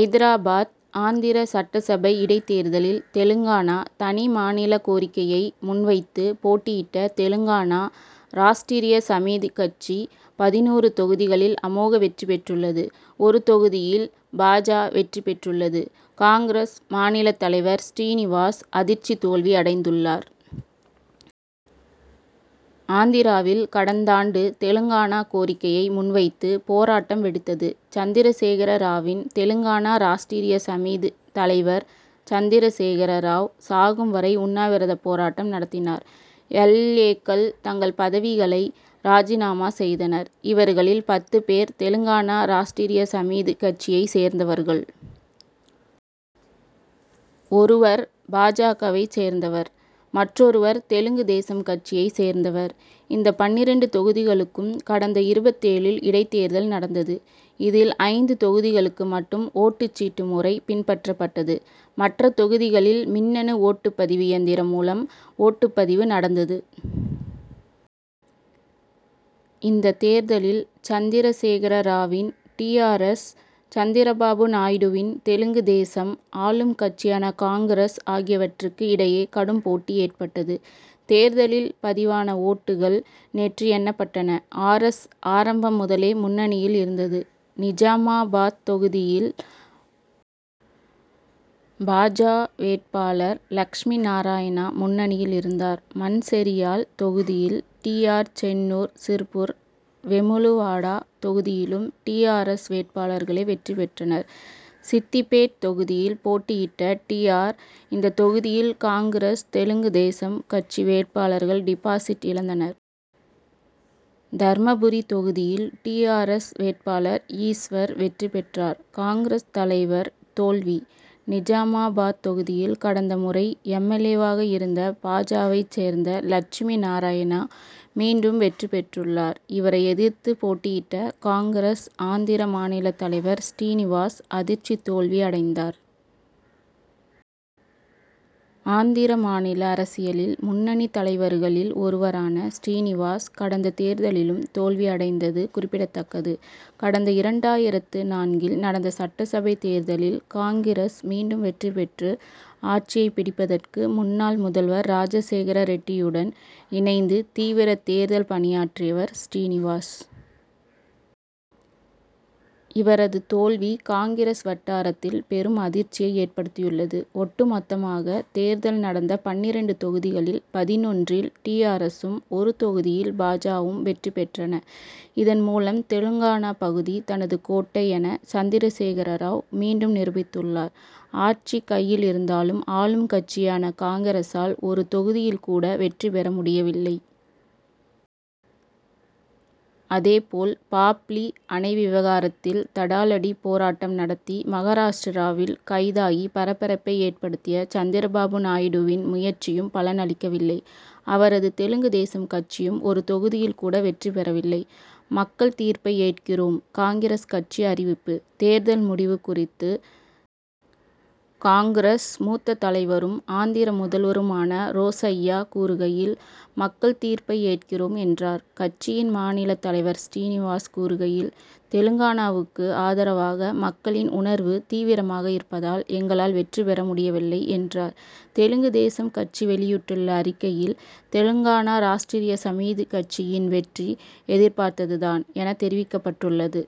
ஐதராபாத் ஆந்திர சட்டசபை இடைத் தேர்தலில், தெலுங்கானா தனி மாநில கோரிக்கையை முன்வைத்து போட்டியிட்ட தெலுங்கானா ராஷ்டிரிய சமிதி கட்சி, பதினொரு தொகுதிகளில் அமோக வெற்றி பெற்றுள்ளது. ஒரு தொகுதியில் பா. ஜ., வெற்றி பெற்றுள்ளது. காங்., மாநில தலைவர் ஸ்ரீநிவாஸ் அதிர்ச்சி தோல்வி அடைந்துள்ளார். ஆந்திராவில் கடந்தாண்டு தெலுங்கானா கோரிக்கையை முன்வைத்து, போராட்டம் வெடித்தது. சந்திரசேகர ராவின் தெலுங்கானா ராஷ்டிரிய சமிதி தலைவர் சந்திரசேகர ராவ், சாகும் வரை உண்ணாவிரத போராட்டம் நடத்தினார். எல். ஏ.,க்கள் தங்கள் பதவிகளை ராஜினாமா செய்தனர். இவர்களில் பத்து பேர் தெலுங்கானா ராஷ்டிரிய சமிதி கட்சியை சேர்ந்தவர்கள். ஒருவர் பா. ஜ.க, வைச் சேர்ந்தவர். மற்றொருவர் தெலுங்கு தேசம் கட்சியை சேர்ந்தவர். இந்த பன்னிரண்டு தொகுதிகளுக்கும் கடந்த இருபத்தேழில் இடைத்தேர்தல் நடந்தது. இதில், ஐந்து தொகுதிகளுக்கு மட்டும் ஓட்டுச் சீட்டு முறை பின்பற்றப்பட்டது. மற்ற தொகுதிகளில் மின்னணு ஓட்டுப் பதிவு இயந்திரம் மூலம் ஓட்டுப் பதிவு நடந்தது. இந்த தேர்தலில் சந்திரசேகர ராவின் டி. ஆர். எஸ்., சந்திரபாபு நாயுடுவின் தெலுங்கு தேசம், ஆளும் கட்சியான காங்கிரஸ் ஆகியவற்றுக்கு இடையே கடும் போட்டி ஏற்பட்டது. தேர்தலில் பதிவான ஓட்டுகள் நேற்று எண்ணப்பட்டன. ஆர். எஸ்., ஆரம்பம் முதலே முன்னணியில் இருந்தது. நிஜாமாபாத் தொகுதியில் பா.ஜ., வேட்பாளர் லஷ்மி நாராயணா முன்னணியில் இருந்தார். மன்செரியால் தொகுதியில் டி. ஆர். சென்னூர், சிர்புர், வெமுலுவாடா தொகுதிகளிலும் டி. ஆர். எஸ்., வேட்பாளர்களே வெற்றி பெற்றனர். சித்திபேட் தொகுதியில் போட்டியிட்ட டி. ஆர். இந்த தொகுதியில் காங்கிரஸ், தெலுங்கு தேசம் கட்சி வேட்பாளர்கள் டிபாசிட் இழந்தனர். தர்மபுரி தொகுதியில் டி. ஆர். எஸ்., வேட்பாளர் ஈஸ்வர் வெற்றி பெற்றார். காங்., தலைவர் தோல்வி: நிஜாமாபாத் தொகுதியில் கடந்த முறை எம். எல். ஏ.,வாக இருந்த பா. ஜ.,வைச் சேர்ந்த லட்சுமி நாராயணா, மீண்டும் வெற்றி பெற்றுள்ளார். இவரை எதிர்த்து போட்டியிட்ட காங்கிரஸ் ஆந்திர மாநில தலைவர் ஸ்ரீநிவாஸ் அதிர்ச்சி தோல்வி அடைந்தார். ஆந்திர மாநில அரசியலில் முன்னணி தலைவர்களில் ஒருவரான ஸ்ரீநிவாஸ், கடந்த தேர்தலிலும் தோல்வி அடைந்தது குறிப்பிடத்தக்கது. கடந்த இரண்டாயிரத்து நான்கில் நடந்த சட்டசபை தேர்தலில் காங்கிரஸ் மீண்டும் வெற்றி பெற்று, ஆட்சியை பிடிப்பதற்கு முன்னாள் முதல்வர் ராஜசேகர ரெட்டியுடன் இணைந்து, தீவிர தேர்தல் பணியாற்றிவர் ஸ்ரீநிவாஸ். இவரது தோல்வி, காங்கிரஸ் வட்டாரத்தில் பெரும் அதிர்ச்சியை ஏற்படுத்தியுள்ளது. ஒட்டுமொத்தமாக, தேர்தல் நடந்த பன்னிரண்டு தொகுதிகளில் பதினொன்றில் டி. ஆர். எஸ்.,சும், ஒரு தொகுதியில் பா. ஜ.,வும் வெற்றி பெற்றன. இதன்மூலம், தெலுங்கானா பகுதி தனது கோட்டை என, சந்திரசேகர ராவ் மீண்டும் நிரூபித்துள்ளார். ஆட்சி கையில் இருந்தாலும், ஆளும் கட்சியான காங்கிரசால் ஒரு தொகுதியில் கூட வெற்றி பெற முடியவில்லை. அதேபோல், பாப்லி அணை விவகாரத்தில் தடாலடி போராட்டம் நடத்தி, மகாராஷ்டிராவில் கைதாகி பரபரப்பை ஏற்படுத்திய சந்திரபாபு நாயுடுவின் முயற்சியும் பலன் அளிக்கவில்லை. அவரது தெலுங்கு தேசம் கட்சியும் ஒரு தொகுதியில் கூட வெற்றி பெறவில்லை. மக்கள் தீர்ப்பை ஏற்கிறோம் காங்கிரஸ் கட்சி அறிவிப்பு: தேர்தல் முடிவு குறித்து காங்கிரஸ் தலைவரும், ஆந்திர முதல்வருமான ரோசய்யா கூறுகையில்,"மக்கள் தீர்ப்பை ஏற்கிறோம்'என்றார். கட்சியின் மாநில தலைவர் ஸ்ரீநிவாஸ் கூறுகையில், "தெலுங்கானாவுக்கு ஆதரவாக மக்களின் உணர்வு தீவிரமாக இருப்பதால், எங்களால் வெற்றி பெற முடியவில்லை' என்றார். தெலுங்கு தேசம் கட்சி வெளியிட்டுள்ள அறிக்கையில்,"தெலுங்கானா ராஷ்டிரிய சமிதி கட்சியின் வெற்றி, எதிர்பார்த்தது தான்' என, தெரிவிக்கப்பட்டுள்ளது.